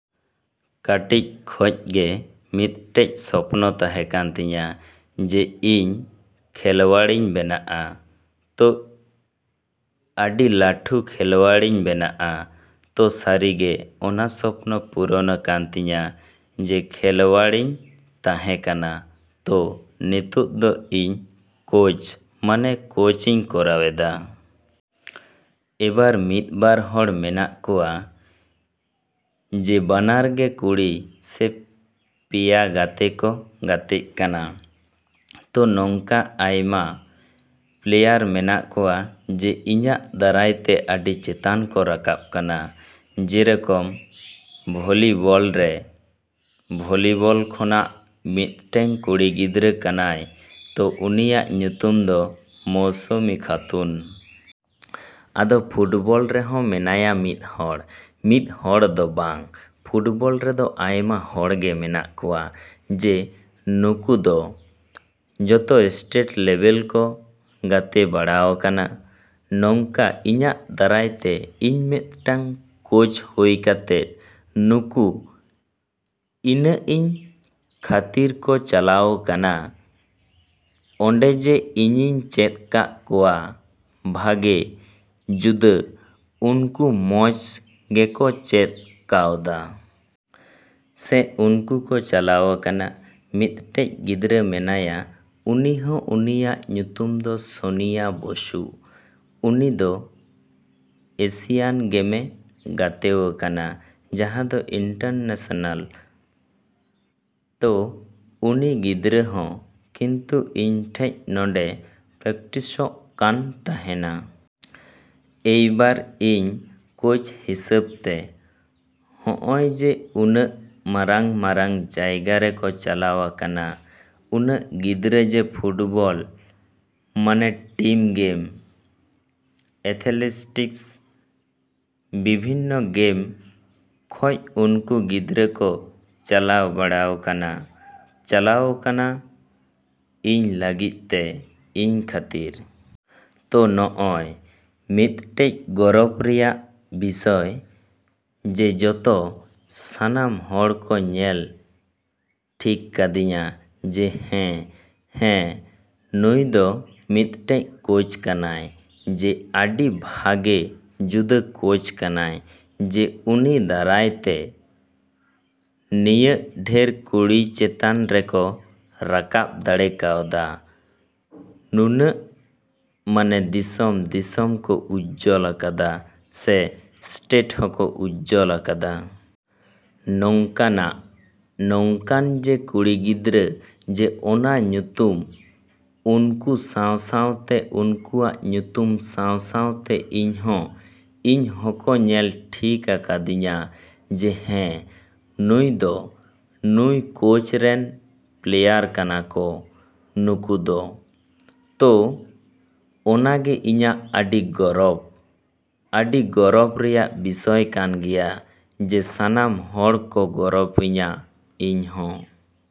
ᱠᱟᱹᱴᱤᱡ ᱠᱷᱚᱡ ᱜᱮ ᱢᱤᱫᱴᱮᱡ ᱥᱚᱯᱱᱚ ᱛᱟᱦᱮᱸ ᱠᱟᱱ ᱛᱤᱧᱟ ᱡᱮ ᱤᱧ ᱠᱷᱮᱞᱣᱟᱲ ᱤᱧ ᱵᱮᱱᱟᱜᱼᱟ᱾ ᱛᱚ ᱟᱹᱰᱤ ᱞᱟᱹᱴᱩ ᱠᱷᱮᱞᱣᱟᱲ ᱤᱧ ᱵᱮᱱᱟᱜᱼᱟ᱾ ᱛᱚ ᱥᱟᱹᱨᱤᱜᱮ ᱚᱱᱟ ᱥᱚᱯᱱᱚ ᱯᱩᱨᱚᱱ ᱠᱟᱱ ᱛᱤᱧᱟ ᱡᱮ ᱠᱷᱮᱞᱣᱟᱲ ᱤᱧ ᱛᱟᱦᱮᱸ ᱠᱟᱱᱟ᱾ ᱛᱚ ᱱᱤᱛᱚᱜ ᱫᱚ ᱤᱧ ᱠᱳᱪ ᱢᱟᱱᱮ ᱠᱳᱪ ᱤᱧ ᱠᱚᱨᱟᱣᱮᱫᱟ᱾ ᱮᱵᱟᱨ ᱢᱤᱫ ᱵᱟᱨ ᱦᱚᱲ ᱢᱮᱱᱟᱜ ᱠᱚᱣᱟ ᱡᱮ ᱵᱟᱱᱟᱨ ᱜᱮ ᱠᱩᱲᱤ ᱥᱮ ᱯᱮᱭᱟ ᱜᱟᱛᱮ ᱠᱚ ᱜᱟᱛᱮᱜ ᱠᱟᱱᱟ᱾ ᱛᱳ ᱱᱚᱝᱠᱟ ᱟᱭᱢᱟ ᱯᱞᱮᱭᱟᱨ ᱢᱮᱱᱟᱜ ᱠᱚᱣᱟ ᱡᱮ ᱤᱧᱟᱹᱜ ᱫᱟᱨᱟᱭ ᱛᱮ ᱟᱹᱰᱤ ᱪᱮᱛᱟᱱ ᱠᱚ ᱨᱟᱠᱟᱵ ᱠᱟᱱᱟ ᱡᱮᱨᱚᱠᱚᱢ ᱵᱷᱚᱞᱤᱵᱚᱞ ᱨᱮ ᱵᱷᱚᱞᱤᱵᱚᱞ ᱠᱷᱚᱱᱟᱜ ᱢᱤᱫᱴᱮᱱ ᱠᱩᱲᱤ ᱜᱤᱫᱽᱨᱟᱹ ᱠᱟᱱᱟᱭ ᱛᱚ ᱩᱱᱤᱭᱟᱜ ᱧᱩᱛᱩᱢ ᱫᱚ ᱢᱳᱥᱩᱢᱤ ᱠᱷᱟᱛᱩᱱ᱾ ᱟᱫᱚ ᱯᱷᱩᱴᱵᱚᱞ ᱨᱮᱦᱚᱸ ᱢᱮᱱᱟᱭᱟ ᱢᱤᱫ ᱦᱚᱲ, ᱢᱤᱫ ᱦᱚᱲ ᱫᱚᱵᱟᱝ ᱯᱷᱩᱴᱵᱚᱞ ᱨᱮᱫᱚ ᱟᱭᱢᱟ ᱦᱚᱲᱜᱮ ᱢᱮᱱᱟᱜ ᱠᱚᱣᱟ ᱡᱮ ᱱᱩᱠᱩ ᱫᱚ ᱡᱚᱛᱚ ᱥᱴᱮᱴ ᱞᱮᱵᱮᱞ ᱠᱚ ᱜᱟᱛᱮ ᱵᱟᱲᱟᱣ ᱠᱟᱱᱟ᱾ ᱱᱚᱝᱠᱟ ᱤᱧᱟᱹᱜ ᱫᱟᱨᱟᱭ ᱛᱮ ᱤᱧ ᱢᱤᱫᱴᱮᱡ ᱠᱳᱪ ᱦᱩᱭ ᱠᱟᱛᱮ ᱱᱩᱠᱩ ᱤᱱᱟᱹᱜ ᱤᱧ ᱠᱷᱟᱹᱛᱤᱨ ᱠᱚ ᱪᱟᱞᱟᱣ ᱠᱟᱱᱟ ᱚᱸᱰᱮ ᱡᱮ ᱤᱧᱤᱧ ᱪᱮᱫ ᱠᱟᱜ ᱠᱚᱣᱟ ᱵᱷᱟᱜᱮ ᱡᱩᱫᱟᱹ ᱩᱱᱠᱩ ᱢᱚᱡᱽ ᱜᱮᱠᱚ ᱪᱮᱫ ᱠᱟᱣᱫᱟ᱾ ᱥᱮ ᱩᱱᱠᱩ ᱠᱚ ᱪᱟᱞᱟᱣ ᱠᱟᱱᱟ ᱾ ᱢᱤᱫᱴᱮᱡ ᱜᱤᱫᱽᱨᱟᱹ ᱢᱮᱱᱟᱭᱟ ᱩᱱᱤ ᱦᱚᱸ ᱩᱱᱤᱭᱟᱜ ᱧᱩᱛᱩᱢ ᱫᱚ ᱥᱳᱱᱤᱭᱟ ᱵᱚᱥᱩ᱾ ᱩᱱᱤᱫᱚ ᱮᱥᱤᱭᱟᱱ ᱜᱮᱢᱮ ᱜᱟᱛᱮᱣ ᱠᱟᱱᱟ ᱡᱟᱦᱟᱸ ᱫᱚ ᱤᱱᱴᱟᱨᱱᱮᱥᱮᱱᱮᱞ᱾ ᱛᱚ ᱩᱱᱤ ᱜᱤᱫᱽᱨᱟᱹ ᱦᱚᱸ ᱠᱤᱱᱛᱩ ᱤᱧ ᱴᱷᱮᱡ ᱱᱚᱰᱮ ᱯᱨᱮᱠᱤᱥᱚᱜ ᱠᱟᱱ ᱛᱟᱦᱮᱱᱟ᱾ ᱮᱭᱵᱟᱨ ᱤᱧ ᱠᱳᱪ ᱦᱤᱥᱟᱹᱵ ᱛᱮ ᱦᱚᱜᱼᱚᱸᱭ ᱡᱮ ᱩᱱᱟᱹᱜ ᱢᱟᱨᱟᱝ ᱢᱟᱨᱟᱝ ᱡᱟᱭᱜᱟ ᱨᱮᱠᱚ ᱪᱟᱞᱟᱣ ᱠᱟᱱᱟ ᱩᱱᱟᱹᱜ ᱜᱤᱫᱽᱨᱟᱹ ᱡᱮ ᱯᱷᱩᱴᱵᱚᱞ ᱢᱟᱱᱮ ᱴᱤᱢ ᱜᱮᱢ, ᱮᱛᱷᱞᱮᱴᱤᱠᱤᱥ ᱵᱤᱵᱷᱤᱱᱱᱚ ᱜᱮᱢ ᱠᱷᱚᱡ ᱩᱱᱠᱚ ᱜᱤᱫᱽᱨᱟᱹ ᱠᱚ ᱪᱟᱞᱟᱣ ᱵᱟᱲᱟᱣ ᱠᱟᱱᱟ, ᱪᱟᱞᱟᱣ ᱠᱟᱱᱟ ᱤᱧ ᱞᱟᱹᱜᱤᱫ ᱛᱮ, ᱤᱧ ᱠᱷᱟᱹᱛᱤᱨ᱾ ᱛᱚ ᱱᱚᱜᱼᱚᱸᱭ ᱢᱤᱫᱴᱮᱡ ᱜᱚᱨᱵᱚ ᱨᱮᱭᱟᱜ ᱵᱤᱥᱚᱭ ᱡᱮ ᱡᱚᱛᱚ ᱥᱟᱱᱟᱢ ᱦᱚᱲ ᱠᱚ ᱧᱮᱞ ᱴᱷᱤᱠ ᱠᱟᱫᱤᱧᱟ ᱡᱮ ᱦᱮᱸ ᱦᱮᱸ ᱱᱩᱭᱫᱚ ᱢᱤᱫᱴᱮᱡ ᱠᱳᱪ ᱠᱟᱱᱟᱭ ᱡᱮ ᱟᱹᱰᱤ ᱵᱷᱟᱜᱮ ᱡᱩᱫᱟᱹ ᱠᱳᱪ ᱠᱟᱱᱟᱭ ᱡᱮ ᱩᱱᱤ ᱫᱟᱨᱟᱭ ᱛᱮ ᱱᱤᱱᱟᱹᱜ ᱰᱷᱮᱨ ᱠᱩᱲᱤ ᱪᱮᱛᱟᱱ ᱨᱮᱠᱚ ᱨᱟᱠᱟᱵ ᱫᱟᱲᱮ ᱠᱟᱣᱫᱟ, ᱩᱱᱟᱹᱜ ᱢᱟᱱᱮ ᱫᱤᱥᱚᱢ ᱫᱤᱥᱚᱢ ᱠᱚ ᱩᱡᱡᱚᱞ ᱠᱟᱫᱟ ᱥᱮ ᱥᱴᱮᱴ ᱦᱚᱸᱠᱚ ᱩᱡᱡᱚᱞ ᱠᱟᱫᱟ᱾ ᱱᱚᱝᱠᱟᱱᱟᱜ ᱱᱚᱝᱠᱟᱱ ᱡᱮ ᱠᱩᱲᱤ ᱜᱤᱫᱽᱨᱟᱹ ᱡᱮ ᱚᱱᱟ ᱧᱩᱛᱩᱢ ᱩᱱᱠᱩ ᱥᱟᱶ ᱥᱟᱶᱛᱮ ᱩᱱᱠᱩᱣᱟᱜ ᱧᱩᱛᱩᱢ ᱥᱟᱶ ᱥᱟᱶᱛᱮ ᱤᱧᱦᱚᱸ ᱤᱧ ᱦᱚᱸᱠᱚ ᱧᱮᱞ ᱴᱷᱤᱠ ᱠᱟᱫᱤᱧᱟ ᱡᱮ ᱦᱮᱸ ᱱᱩᱭᱫᱚ ᱱᱩᱭ ᱠᱳᱪ ᱨᱮᱱ ᱯᱞᱮᱭᱟᱨ ᱠᱟᱱᱟᱠᱚ ᱱᱩᱠᱩ ᱫᱚ᱾ ᱛᱚ ᱚᱱᱟᱜᱮ ᱤᱧᱟᱹᱜ ᱟᱹᱰᱤ ᱜᱚᱨᱵᱚ, ᱟᱹᱰᱤ ᱜᱚᱨᱵᱚ ᱨᱮᱭᱟᱜ ᱵᱤᱥᱚᱭ ᱠᱟᱱ ᱜᱮᱭᱟ ᱡᱮ ᱥᱟᱱᱟᱢ ᱦᱚᱲ ᱠᱚ ᱜᱚᱨᱵᱚ ᱤᱧᱟᱹ ᱤᱧᱦᱚᱸ।